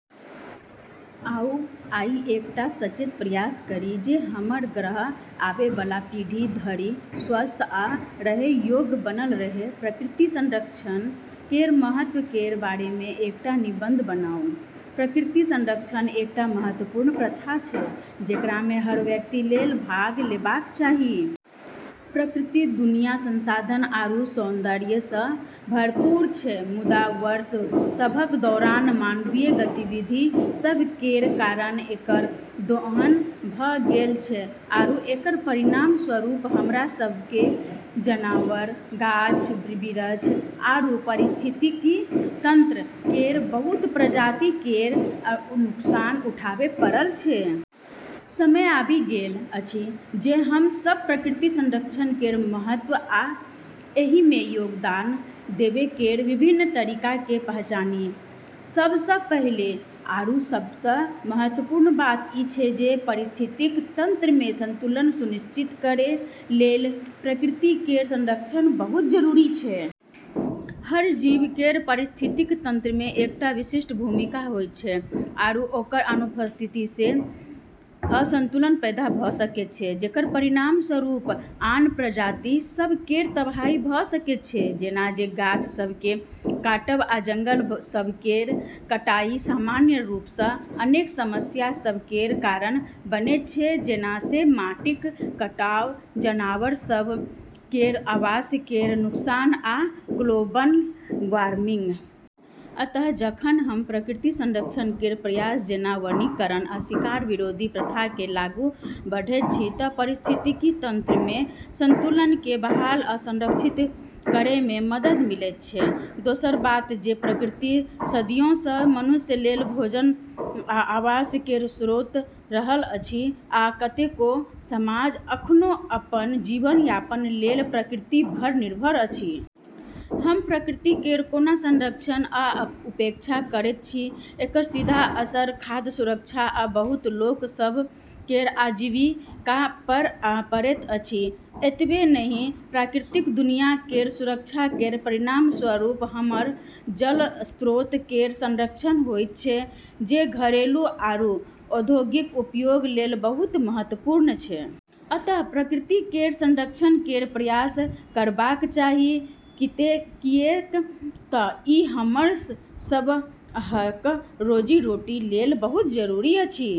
आउ आइ एकटा सचेत प्रयास करी जे हमर ग्रह आबैबला पीढ़ी धरि स्वस्थ आ रहै योग्य बनल रहै। प्रकृति संरक्षण केर महत्व केर बारेमे एकटा निबंध बनाउ। प्रकृति संरक्षण एकटा महत्वपूर्ण प्रथा छै, जेकरामे हर व्यक्ति लेल भाग लेबाक चाही। प्राकृतिक दुनिया संसाधन आरू सौंदर्यसँ भरपूर छै, मुदा वर्ष सभक दौरान मानवीय गतिविधि सभ केर कारण एकर दोहन भऽ गेल छै, आरू एकर परिणामस्वरूप, हमरा सभकेँ जनावर, गाछ-बिरछ आरू पारिस्थितिकी तंत्र केर बहुत प्रजाति केर नुकसान उठाबै पड़ल छै। समय आबि गेल अछि जे हम सब प्रकृति संरक्षण केर महत्व आ एहिमे योगदान देबै केर विभिन्न तरीकाकेँ पहचानी। सबसँ पहिले आरू सबसँ महत्वपूर्ण बात ई छै जे पारिस्थितिकी तंत्रमे संतुलन सुनिश्चित करै लेल प्रकृति केर संरक्षण बहुत जरूरी छै। हर जीव केर पारिस्थितिकी तंत्रमे एकटा विशिष्ट भूमिका होइत छै, आरू ओकर अनुपस्थितिसँ असंतुलन पैदा भऽ सकैत छै जेकर परिणामस्वरूप आन प्रजाति सभ केर तबाही भऽ सकैत छै। जेना जे गाछ सभकेँ काटब आ जंगल सभ केर कटाई, सामान्य रूपसँ, अनेक समस्या सभ केर कारण बनैत छै जेना जे माटिक कटाव, जनावर सभ केर आवास केर नुकसान आ ग्लोबल वार्मिंग। अतः जखन हम प्रकृति संरक्षण केर प्रयास जेना वनीकरण आ शिकार विरोधी प्रथाकेँ आगू बढ़ैत छी तऽ पारिस्थितिकी तंत्रमे संतुलनकेँ बहाल आ संरक्षित करैमे मदद मिलैत छै। दोसर बात जे प्रकृति सदियोसँ मनुष्य लेल भोजन आ आवास केर स्रोत रहल अछि, आ कतेको समाज अखनो अपन जीवन यापन लेल प्रकृतिपर निर्भर अछि। हम प्रकृति केर कोना संरक्षण वा उपेक्षा करैत छी एकर सीधा असर खाद्य सुरक्षा आ बहुत लोक सभ केर आजीविकापर पड़ैत अछि। एतबे नहि, प्राकृतिक दुनिया केर सुरक्षा केर परिणामस्वरूप हमर जल स्रोत केर संरक्षण होइत छै, जे घरेलू आरू औद्योगिक उपयोग लेल बहुत महत्वपूर्ण छै। अतः प्रकृति केर संरक्षण केर प्रयास करबाक चाही किऐक तऽ ई हमर सबहक रोजी-रोटी लेल बहुत जरूरी अछि।